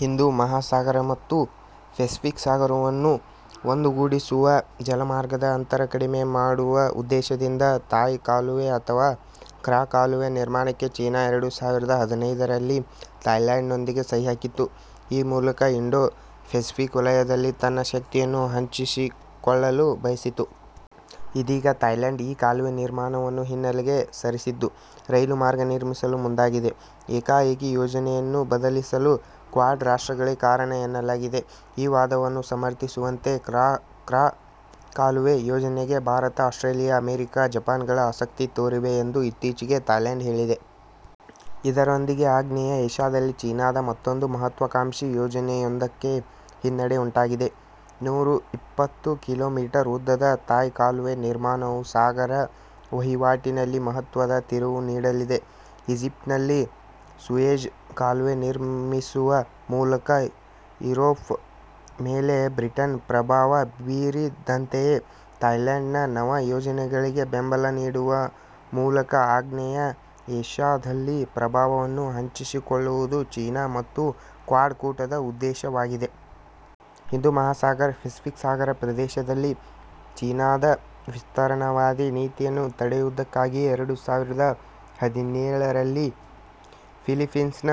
ಹಿಂದೂ ಮಹಾ ಸಾಗರ ಮತ್ತು ಪೆಸಿಫಿಕ್ ಸಾಗರವನ್ನು ಒಂದುಗೂಡಿಸುವ, ಜಲಮಾರ್ಗದ ಅಂತರ ಕಡಿಮೆ ಮಾಡುವ ಉದ್ದೇಶದಿಂದ ಥಾಯ್ ಕಾಲುವೆ ಅಥವಾ ಕ್ರಾ ಕಾಲುವೆ ನಿರ್ಮಾಣಕ್ಕೆ ಚೀನಾ ಎರಡು ಸಾವಿರದ ಹದಿನೈದರಲ್ಲಿ ಥಾಯ್ಲೆಂಡ್ನೊಂದಿಗೆ ಸಹಿ ಹಾಕಿತ್ತು. ಈ ಮೂಲಕ ಇಂಡೊ ಫೆಸಿಫಿಕ್ ವಲಯದಲ್ಲಿ ತನ್ನ ಶಕ್ತಿಯನ್ನು ಹೆಚ್ಚಿಸಿಕೊಳ್ಳಲು ಬಯಸಿತ್ತು. ಇದೀಗ ಥಾಯ್ಲೆಂಡ್ ಈ ಕಾಲುವೆ ನಿರ್ಮಾಣವನ್ನು ಹಿನ್ನೆಲೆಗೆ ಸರಿಸಿದ್ದು, ರೈಲು ಮಾರ್ಗ ನಿರ್ಮಿಸಲು ಮುಂದಾಗಿದೆ. ಏಕಾಏಕಿ ಯೋಜನೆಯನ್ನು ಬದಲಿಸಲು ಕ್ವಾಡ್ ರಾಷ್ಟ್ರಗಳೇ ಕಾರಣ ಎನ್ನಲಾಗಿದೆ. ಈ ವಾದವನ್ನು ಸಮರ್ಥಿಸುವಂತೆ ಕ್ರಾ ಕಾಲುವೆ ಯೋಜನೆಗೆ ಭಾರತ, ಆಸ್ಟ್ರೇಲಿಯಾ, ಅಮೆರಿಕ, ಜಪಾನ್ಗಳು ಆಸಕ್ತಿ ತೋರಿವೆ ಎಂದು ಇತ್ತೀಚೆಗೆ ಥಾಯ್ಲೆಂಡ್ ಹೇಳಿದೆ. ಇದರೊಂದಿಗೆ ಆಗ್ನೇಯ ಏಷ್ಯಾದಲ್ಲಿ ಚೀನಾದ ಮತ್ತೊಂದು ಮಹತ್ವಕಾಂಕ್ಷಿ ಯೋಜನೆಯೊಂದಕ್ಕೆ ಹಿನ್ನಡೆ ಉಂಟಾಗಿದೆ. ನೂರಾ ಇಪ್ಪತ್ತು ಕಿಲೋಮೀಟರ್ ಉದ್ದದ ಥಾಯ್ ಕಾಲುವೆ ನಿರ್ಮಾಣವು ಸಾಗರ ವಹಿವಾಟಿನಲ್ಲಿ ಮಹತ್ವದ ತಿರುವು ನೀಡಲಿದೆ. ಈಜಿಪ್ಟ್ನಲ್ಲಿ ಸೂಯೆಜ್ ಕಾಲುವೆ ನಿರ್ಮಿಸುವ ಮೂಲಕ ಯೂರೋಪ್ ಮೇಲೆ ಬ್ರಿಟನ್ ಪ್ರಭಾವ ಬೀರಿದಂತೆಯೇ ಥಾಯ್ಲೆಂಡ್ನ ನವ ಯೋಜನೆಗಳಿಗೆ ಬೆಂಬಲ ನೀಡುವ ಮೂಲಕ ಆಗ್ನೇಯ ಏಷ್ಯಾದಲ್ಲಿ ಪ್ರಭಾವವನ್ನು ಹೆಚ್ಚಿಸಿಕೊಳ್ಳುವುದು ಚೀನಾ ಮತ್ತು ಕ್ವಾಡ್ ಕೂಟದ ಉದ್ದೇಶವಾಗಿದೆ. ಹಿಂದೂ ಮಹಾಸಾಗರ ಪೆಸಿಫಿಕ್ ಸಾಗರ ಪ್ರದೇಶದಲ್ಲಿ ಚೀನಾದ ವಿಸ್ತರಣಾವಾದಿ ನೀತಿಯನ್ನು ತಡೆಯುವುದಕ್ಕಾಗಿಯೇ ಎರಡು ಸಾವಿರದ ಹದಿನೇಳರಲ್ಲಿ ಫಿಲಿಪ್ಪೀನ್ಸ್ನ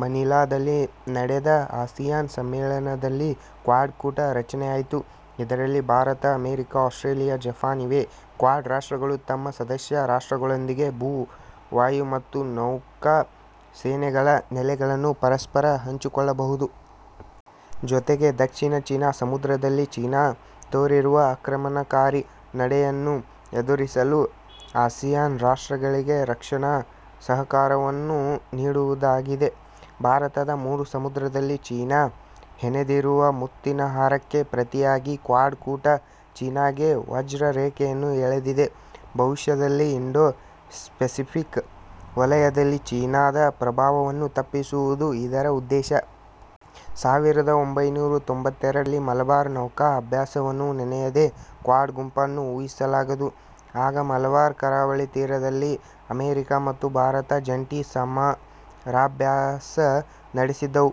ಮನಿಲಾದಲ್ಲಿ ನಡೆದ ಆಸಿಯಾನ್ ಸಮ್ಮೇಳನದಲ್ಲಿ ಕ್ವಾಡ್ ಕೂಟ ರಚನೆಯಾಯಿತು. ಇದರಲ್ಲಿ ಭಾರತ, ಅಮೆರಿಕ, ಆಸ್ಟ್ರೇಲಿಯಾ, ಜಪಾನ್ ಇವೆ. ಕ್ವಾಡ್ ರಾಷ್ಟಗಳು ತಮ್ಮ ಸದಸ್ಯ ರಾಷ್ಟ್ರಗಳೊಂದಿಗೆ ಭೂ, ವಾಯು ಮತ್ತು ನೌಕಾ ಸೇನೆಗಳ ನೆಲೆಗಳನ್ನು ಪರಸ್ಪರ ಹಂಚಿಕೊಳ್ಳಬಹುದು. ಜೊತೆಗೆ ದಕ್ಷಿಣ ಚೀನಾ ಸಮುದ್ರದಲ್ಲಿ ಚೀನಾ ತೋರಿರುವ ಆಕ್ರಮಣಕಾರಿ ನಡೆಯನ್ನು ಎದುರಿಸಲು ಆಸಿಯಾನ್ ರಾಷ್ಟ್ರಗಳಿಗೆ ರಕ್ಷಣಾ ಸಹಕಾರವನ್ನು ನೀಡುವುದಾಗಿದೆ. ಭಾರತದ ಮೂರು ಸಮುದ್ರದಲ್ಲಿ ಚೀನಾ ಹೆಣೆದಿರುವ ಮುತ್ತಿನ ಹಾರಕ್ಕೆ ಪ್ರತಿಯಾಗಿ ಕ್ವಾಡ್ ಕೂಟ ಚೀನಾಗೆ ವಜ್ರರೇಖೆಯನ್ನು ಎಳೆದಿದೆ. ಭವಿಷ್ಯದಲ್ಲಿ ಇಂಡೊ ಫೆಸಿಫಿಕ್ ವಲಯದಲ್ಲಿ ಚೀನಾದ ಪ್ರಭಾವವನ್ನು ತಪ್ಪಿಸುವುದು ಇದರ ಉದ್ದೇಶ. ಸಾವಿರದ ಒಂಬೈನೂರಾ ತೊಂಬತ್ತೆರಡರಲ್ಲಿ ಮಲಬಾರ್ ನೌಕಾ ಅಭ್ಯಾಸವನ್ನು ನೆನೆಯದೇ ಕ್ವಾಡ್ ಗುಂಪನ್ನು ಊಹಿಸಲಾಗದು. ಆಗ ಮಲಬಾರ್ ಕರಾವಳಿ ತೀರದಲ್ಲಿ ಅಮೆರಿಕ ಮತ್ತು ಭಾರತ ಜಂಟಿ ಸಮರಾಭ್ಯಾಸ ನಡೆಸಿದ್ದವು.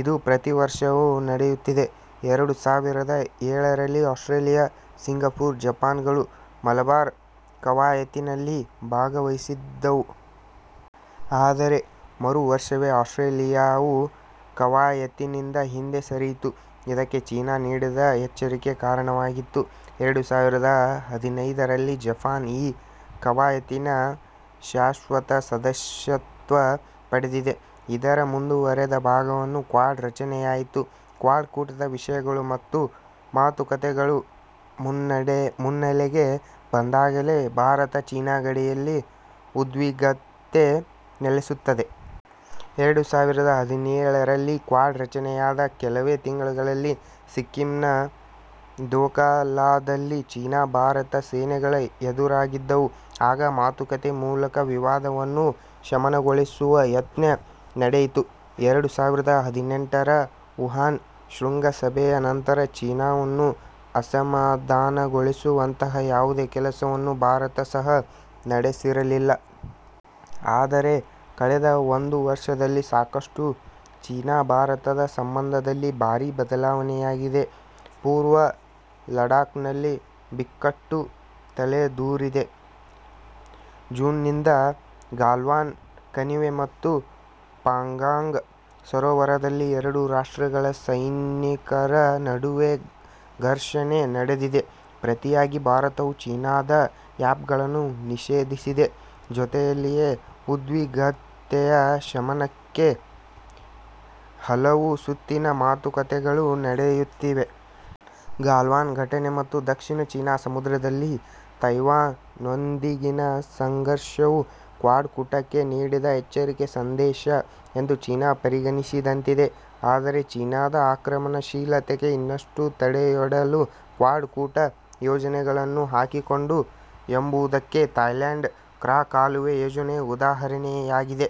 ಇದು ಪ್ರತಿ ವರ್ಷವೂ ನಡೆಯುತ್ತಿದೆ. ಎರಡು ಸಾವಿರದ ಏಳರಲ್ಲಿ ಆಸ್ಟ್ರೇಲಿಯಾ, ಸಿಂಗಪುರ, ಜಪಾನ್ಗಳು ಮಲಬಾರ್ ಕವಾಯತಿನಲ್ಲಿ ಭಾಗವಹಿಸಿದ್ದವು. ಆದರೆ, ಮರುವರ್ಷವೇ ಆಸ್ಟ್ರೇಲಿಯಾವು ಕವಾಯತಿನಿಂದ ಹಿಂದೆ ಸರಿಯಿತು. ಇದಕ್ಕೆ ಚೀನಾ ನೀಡಿದ ಎಚ್ಚರಿಕೆ ಕಾರಣವಾಗಿತ್ತು. ಎರಡು ಸಾವಿರದ ಹದಿನೈದರಲ್ಲಿ ಜಪಾನ್ ಈ ಕವಾಯತಿನ ಶಾಶ್ವತ ಸದಸ್ಯತ್ವ ಪಡೆದಿದೆ. ಇದರ ಮುಂದುವರಿದ ಭಾಗವಾಗಿ ಕ್ವಾಡ್ ರಚನೆಯಾಯಿತು. ಕ್ವಾಡ್ ಕೂಟದ ವಿಷಯಗಳು ಮತ್ತು ಮಾತುಕತೆಗಳು ಮುನ್ನೆಲೆಗೆ ಬಂದಾಗಲೆಲ್ಲ ಭಾರತ ಚೀನಾ ಗಡಿಯಲ್ಲಿ ಉದ್ವಿಗ್ನತೆ ನೆಲೆಸುತ್ತದೆ. ಎರಡು ಸಾವಿರದ ಹದಿನೇಳರಲ್ಲಿ ಕ್ವಾಡ್ ರಚನೆಯಾದ ಕೆಲವೇ ತಿಂಗಳುಗಳಲ್ಲಿ ಸಿಕ್ಕಿಂನ ದೋಕಲಾದಲ್ಲಿ ಚೀನಾ ಭಾರತ ಸೇನೆಗಳು ಎದುರಾಗಿದ್ದವು. ಆಗ ಮಾತುಕತೆ ಮೂಲಕ ವಿವಾದವನ್ನು ಶಮನಗೊಳಿಸುವ ಯತ್ನ ನಡೆಯಿತು. ಎರಡು ಸಾವಿರದ ಹದಿನೆಂಟರ ವುಹಾನ್ ಶೃಂಗಸಭೆಯ ನಂತರ ಚೀನಾವನ್ನು ಅಸಮಾಧಾನಗೊಳಿಸುವಂತಹ ಯಾವುದೇ ಕೆಲಸವನ್ನು ಭಾರತ ಸಹ ನಡೆಸಿರಲಿಲ್ಲ. ಆದರೆ, ಕಳೆದ ಒಂದು ವರ್ಷದಲ್ಲಿ ಸಾಕಷ್ಟು ಚೀನಾ ಭಾರತದ ಸಂಬಂಧದಲ್ಲಿ ಭಾರಿ ಬದಲಾವಣೆಯಾಗಿದೆ. ಪೂರ್ವ ಲಡಾಖ್ನಲ್ಲಿ ಬಿಕ್ಕಟ್ಟು ತಲೆದೂರಿದೆ. ಜೂನ್ನಿಂದ ಗಾಲ್ವಾನ್ ಕಣಿವೆ ಮತ್ತು ಪಾಂಗಾಂಗ್ ಸರೋವರದಲ್ಲಿ ಎರಡೂ ರಾಷ್ಟ್ರಗಳ ಸೈನಿಕರ ನಡುವೆ ಘರ್ಷಣೆ ನಡೆದಿದೆ. ಪ್ರತಿಯಾಗಿ ಭಾರತವೂ ಚೀನಾದ ಆ್ಯಪ್ಗಳನ್ನು ನಿಷೇಧಿಸಿದೆ. ಜೊತೆಯಲ್ಲಿಯೇ ಉದ್ವಿಗ್ನತೆಯ ಶಮನಕ್ಕೆ ಹಲವು ಸುತ್ತಿನ ಮಾತುಕತೆಗಳು ನಡೆಯುತ್ತಿವೆ. ಗಾಲ್ವಾನ್ ಘಟನೆ ಮತ್ತು ದಕ್ಷಿಣ ಚೀನಾ ಸಮುದ್ರದಲ್ಲಿ ತೈವಾನ್ನೊಂದಿಗಿನ ಸಂಘರ್ಷವೂ ಕ್ವಾಡ್ ಕೂಟಕ್ಕೆ ನೀಡಿದ ಎಚ್ಚರಿಕೆ ಸಂದೇಶ ಎಂದು ಚೀನಾ ಪರಿಗಣಿಸಿದಂತಿದೆ. ಆದರೆ, ಚೀನಾದ ಆಕ್ರಮಣಶೀಲತೆಗೆ ಇನ್ನಷ್ಟು ತಡೆಯೊಡ್ಡಲು ಕ್ವಾಡ್ ಕೂಟ ಯೋಜನೆಗಳನ್ನು ಹಾಕಿಕೊಂಡಿದೆ ಎಂಬುದಕ್ಕೆ ಥಾಯ್ಲೆಂಡ್ನ ಕ್ರಾ ಕಾಲುವೆ ಯೋಜನೆ ಉದಾಹರಣೆಯಾಗಿದೆ.